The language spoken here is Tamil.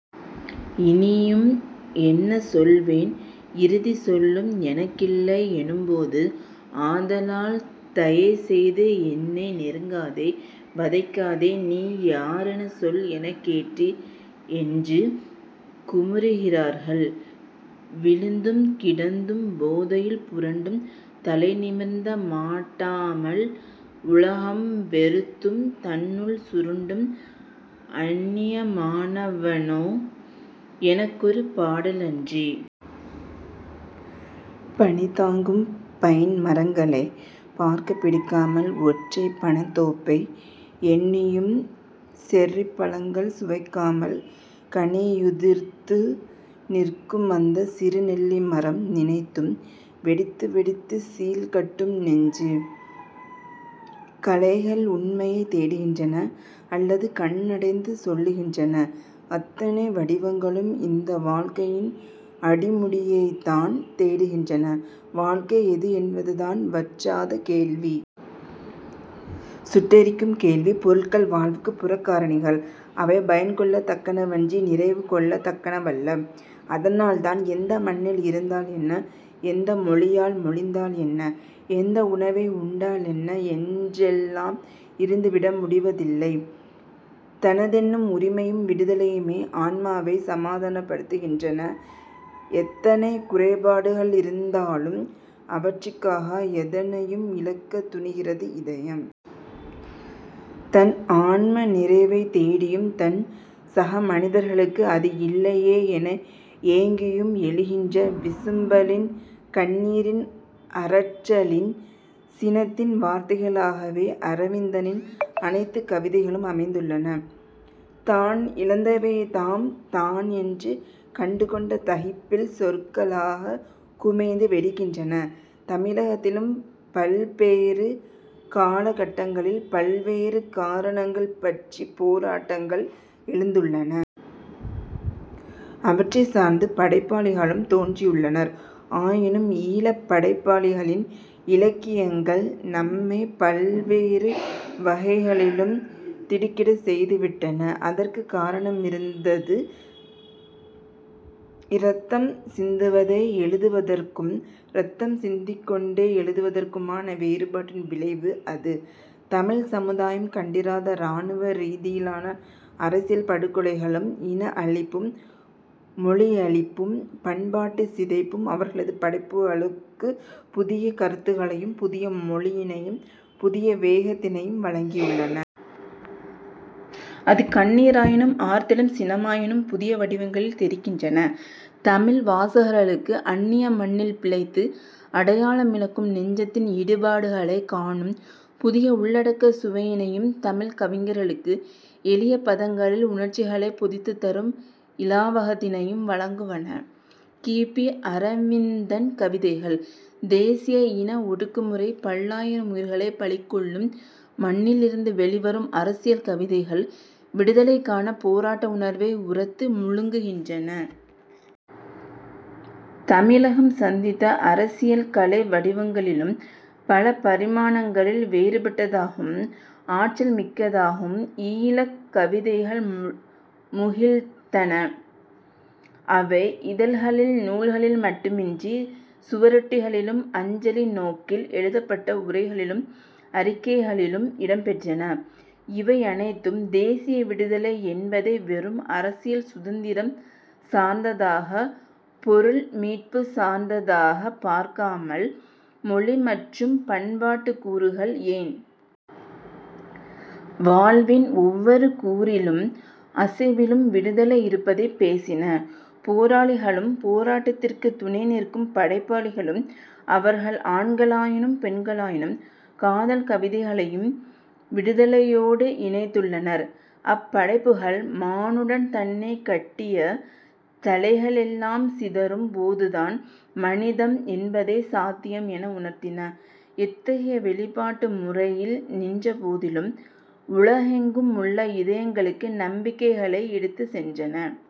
"இனியும் என்ன சொல்வேன் இறுதிச் சொல்லும் எனக்கில்லை எனும்போது... ஆதலால் தயைசெய்து என்னை நெருக்காதே வதைக்காதே 'நீ யாரெனச் சொல்' எனக் கேட்டு... " என்று குமுறுகிறார்கள். "விழுந்தும் கிடந்தும் போதையில் புரண்டும் தலைநிமிர்த்த மாட்டாமல் உலகம் வெறுத்தும் தன்னுள் சுருண்டும் அந்நியமாவனோ எனக்கொரு பாடலின்றி....! பனிதாங்கும் பைன்மரங்களைப் பார்க்கப் பிடிக்காமல் ஒற்றைப் பனைத்தோப்பை எண்ணியும் செர்ரிப்பழங்கள் சுவைக்காமல் கனியுதிர்த்து நிற்குமந்த சிறுநெல்லி மரம் நினைத்தும் வெடித்துவெடித்துச் சீழ்கட்டும் நெஞ்சு. கலைகள் உண்மையைத் தேடுகின்றன அல்லது கண்டடைந்து சொல்லுகின்றன. அத்தனை வடிவங்களும் இந்த வாழ்க்கையின் அடிமுடியைத்தான் தேடுகின்றன. வாழ்க்கை எது என்பதுதான் வற்றாத கேள்வி. சுட்டெரிக்கும் கேள்வி. பொருட்கள் வாழ்வுக்குப் புறக்காரணிகள். அவை பயன்கொள்ளத் தக்கனவன்றி நிறைவுகொள்ளத் தக்கனவல்ல. அதனால்தான் எந்த மண்ணில் இருந்தால் என்ன? எந்த மொழியால் மொழிந்தால் என்ன? எந்த உணவை உண்டாலென்ன? என்றெல்லாம் இருந்துவிட முடிவதில்லை. தனதென்னும் உரிமையும் விடுதலையுமே ஆன்மாவைச் சமாதானப்படுத்துகின்றன. எத்தனை குறைபாடுகளிருந்தாலும் அவற்றிக்காக எதனையும் இழக்கத் துணிகிறது இதயம். தன் ஆன்ம நிறைவைத் தேடியும், தன் சகமனிதர்களுக்கு அது இல்லையே என ஏங்கியும் எழுகின்ற விசும்பலின், கண்ணீரின், அரற்றலின், சினத்தின் வார்த்தைகளாகவே அரவிந்தனின் அனைத்துக் கவிதைகளும் அமைந்துள்ளன. தான் இழந்தவைதாம் 'தான்' என்று கண்டுகொண்ட தகிப்பில் சொற்களாகக் குமைந்து வெடிக்கின்றன. தமிழகத்திலும் பல்பேறு காலகட்டங்களில் பல்வேறு காரணங்கள் பற்றிப் போராட்டங்கள் எழுந்துள்ளன. அவற்றைச் சார்ந்து படைப்பாளிகளும் தோன்றியுள்ளனர். ஆயினும் ஈழப் படைப்பாளிகளின் இலக்கியங்கள் நம்மைப் பல்வேறு வகைகளிலும் திடுக்கிடச் செய்துவிட்டன. அதற்குக் காரணமிருந்தது. இரத்தம் சிந்துவதை எழுதுவதற்கும், இரத்தம் சிந்திக் கொண்டே எழுதுவதற்குமான வேறுபாட்டின் விளைவு அது. தமிழ்ச் சமுதாயம் கண்டிராத இராணுவ ரீதியிலான அரசியல் படுகொலைகளும், இன அழிப்பும், மொழியழிப்பும், பண்பாட்டுச் சிதைப்பும் அவர்களது படைப்புகளுக்குப் புதிய கருத்துக்களையும் புதிய மொழியினையும் புதிய வேகத்தினையும் வழங்கியுள்ளன. அது கண்ணீராயினும் ஆர்த்தெழும் சினமாயினும் புதிய வடிவங்களில் தெறிக்கின்றன. தமிழ் வாசகர்களுக்குஅன்னிய மண்ணில் பிழைத்து அடையாளமிழக்கும் நெஞ்சத்தின் இடிபாடுகளைக் காணும் புதிய உள்ளடக்கச் சுவையினையும் தமிழ்க் கவிஞர்களுக்கு எளிய பதங்களில் உணர்ச்சிகளைப் பொதித்துத் தரும் இலாவகத்தினையும் வழங்குவன கி. பி. அரவிந்தன் கவிதைகள். தேசிய இன ஒடுக்குமுறை பல்லாயிரம் உயிர்களைப் பலிகொள்ளும் மண்ணிலிருந்து வெளிவரும் அரசியல் கவிதைகள் விடுதலைக்கான போராட்ட உணர்வை உரத்து முழுங்குகின்றன. தமிழகம் சந்தித்த அரசியல் கலை வடிவங்களிலும் பல பரிமாணங்களில் வேறுபட்டதாகவும் ஆற்றல்மிக்கதாகவும் ஈழக் கவிதைகள் முகிழ்த்தன. அவை இதழ்களில், நூல்களில் மட்டுமன்றி, சுவரொட்டிகளிலும் அஞ்சலி நோக்கில் எழுதப்பட்ட உரைகளிலும் அறிக்கைகளிலும் இடம்பெற்றன. இவையனைத்தும், தேசிய விடுதலை என்பதை வெறும் அரசியல் சுதந்தரம் சார்ந்ததாக, பொருள் மீட்புச் சார்ந்ததாகப் பார்க்காமல் மொழி மற்றும் பண்பாட்டுக் கூறுகள், ஏன்? வாழ்வின் ஒவ்வொரு கூறிலும் அசைவிலும் விடுதலை இருப்பதைப் பேசின. போராளிகளும் போராட்டத்திற்குத் துணைநிற்கும் படைப்பாளிகளும் அவர்கள் ஆண்களாயினும் பெண்களாயினும் காதல் கவிதைகளையும் விடுதலையோடு இணைத்துள்ளனர். அப்படைப்புகள் 'மானுடன் தன்னைக் கட்டிய தளைகளெல்லாம் சிதறும்' போதுதான் 'மனிதம்' என்பதே சாத்தியம் என உணர்த்தின; எத்தகைய வெளிப்பாட்டு முறையில் நின்ற போதிலும் உலகெங்கும் உள்ள இதயங்களுக்கு நம்பிக்கைகளை எடுத்துச் சென்றன.